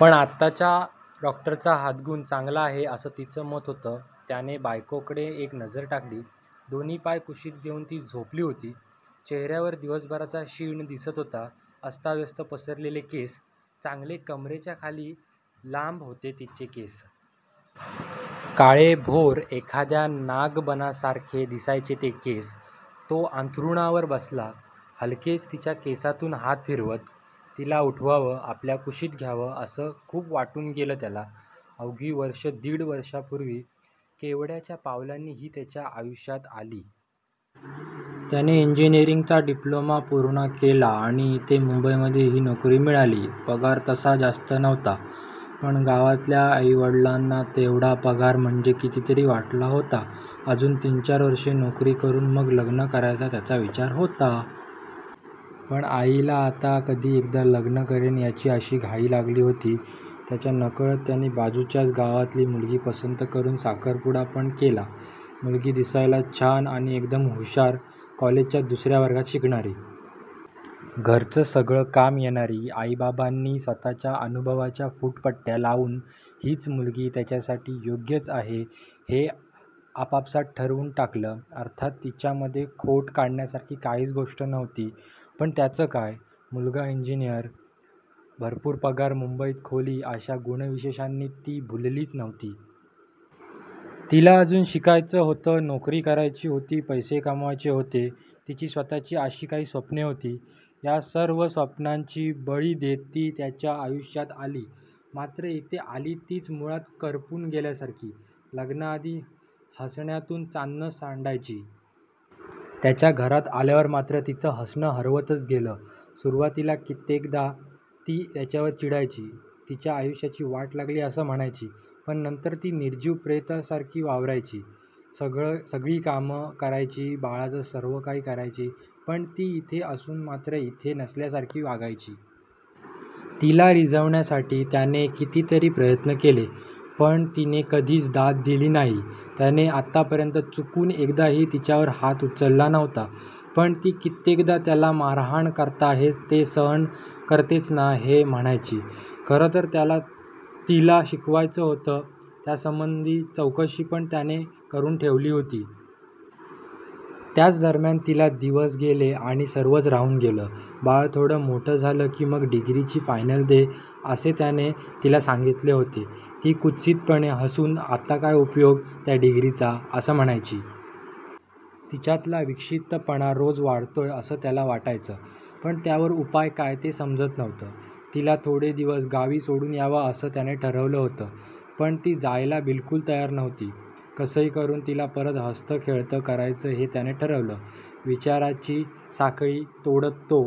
पण आताच्याच डॉक्टरचा हातगुण चांगला आहे असं तिचं मत होतं. त्याने बायकोकडे एक नजर टाकली. दोन्ही पाय कुशीत घेऊन ती झोपली होती. चेहऱ्यावर दिवसभराचा शीण दिसत होता. अस्ताव्यस्त पसरलेले केस. चांगले कमरेच्याखाली लांब होते तिचे केस. काळेभोर एखाद्या नागबनासारखे दिसायचे ते केस. तो अंथरुणावर बसला. हलकेच तिच्या केसांतून हात फिरवत. तिला उठवावं, आपल्या कुशीत घ्यावं असं खूप वाटून गेलं त्याला. अवघी वर्षं दीड वर्षापूर्वी केवड्याच्या पावलांनी ही त्याच्या आयुष्यात आली. त्याने इंजीनिअरिंगचा डिप्लोमा पूर्ण केला. आणि इथे मुंबईमध्ये ही नोकरी मिळाली. पगार तसा जास्त नव्हता पण गावातल्या आईवडलांना तेवढा पगार म्हणजे कितीतरी वाटला होता. अजून तीन चार वर्षे नोकरी करून मग लग्न करायचा त्याचा विचार होता. पण आईला आता कधी एकदा लग्न करेन याची अशी घाई लागली होती. त्याच्या नकळत त्यांनी बाजूच्याच गावातली मुलगी पसंत करून साखरपुडा पण केला. मुलगी दिसायला छान आणि एकदम हुशार. कॉलेजच्या दुसऱ्या वर्गात शिकणारी. घरचं सगळं काम येणारी. आईबाबांनी स्वतःच्या अनुभवाच्या फूटपट्ट्या लावून हीच मुलगी त्याच्यासाठी योग्यच आहे हे आपापसात ठरवून टाकलं. अर्थात तिच्यामध्ये खोट काढण्यासारखी काहीच गोष्ट नव्हती. पण त्याचं काय? मुलगा इंजीनिअर, भरपूर पगार, मुंबईत खोली अशा गुणविशेषांनी ती भुललीच नव्हती. तिला अजून शिकायचं होतं. नोकरी करायची होती, पैसे कमवायचे होते. तिची स्वतःची अशी काही स्वप्ने होती. या सर्व स्वप्नांचा बळी देत ती त्याच्या आयुष्यात आली. मात्र इथे आली तीच मुळात करपून गेल्यासारखी. लग्नाआधी हसण्यातून चांदणं सांडायची. त्याच्या घरात आल्यावर मात्र तिचं हसणं हरवतच गेलं. सुरुवातीला कित्येकदा ती त्याच्यावर चिडायची, तिच्या आयुष्याची वाट लागली असं म्हणायची. पण नंतर ती निर्जीव प्रेतासारखी वावरायची. सगळी कामं करायची, बाळाचं सर्व काही करायची पण ती इथे असून मात्र इथे नसल्यासारखी वागायची. तिला रिझवण्यासाठी त्याने कितीतरी प्रयत्न केले. पण तिने कधीच दाद दिली नाही. त्याने आतापर्यंत चुकून एकदाही तिच्यावर हात उचलला नव्हता, पण ती कित्येकदा त्याला मारहाण करता ते सहन करतेच ना हे म्हणायची. खरंतर त्याला तिला शिकवायचं होतं, त्यासंबंधी चौकशी पण त्याने करून ठेवली होती. त्याच दरम्यान तिला दिवस गेले आणि सर्वच राहून गेलं. बाळ थोडं मोठं झालं की मग डिग्रीची फायनल दे असे त्याने तिला सांगितले होते. ती कुत्सितपणे हसून आता काय उपयोग त्या डिग्रीचा? असं म्हणायची. तिच्यातला विक्षिप्तपणा रोज वाढतोय असं त्याला वाटायचं. पण त्यावर उपाय काय ते समजत नव्हतं. तिला थोडे दिवस गावी सोडून यावं असं त्याने ठरवलं होतं. पण ती जायला बिल्कुल तयार नव्हती. कसंही करून तिला परत हसतं खेळतं करायचं हे त्याने ठरवलं. विचाराची साखळी तोडत तो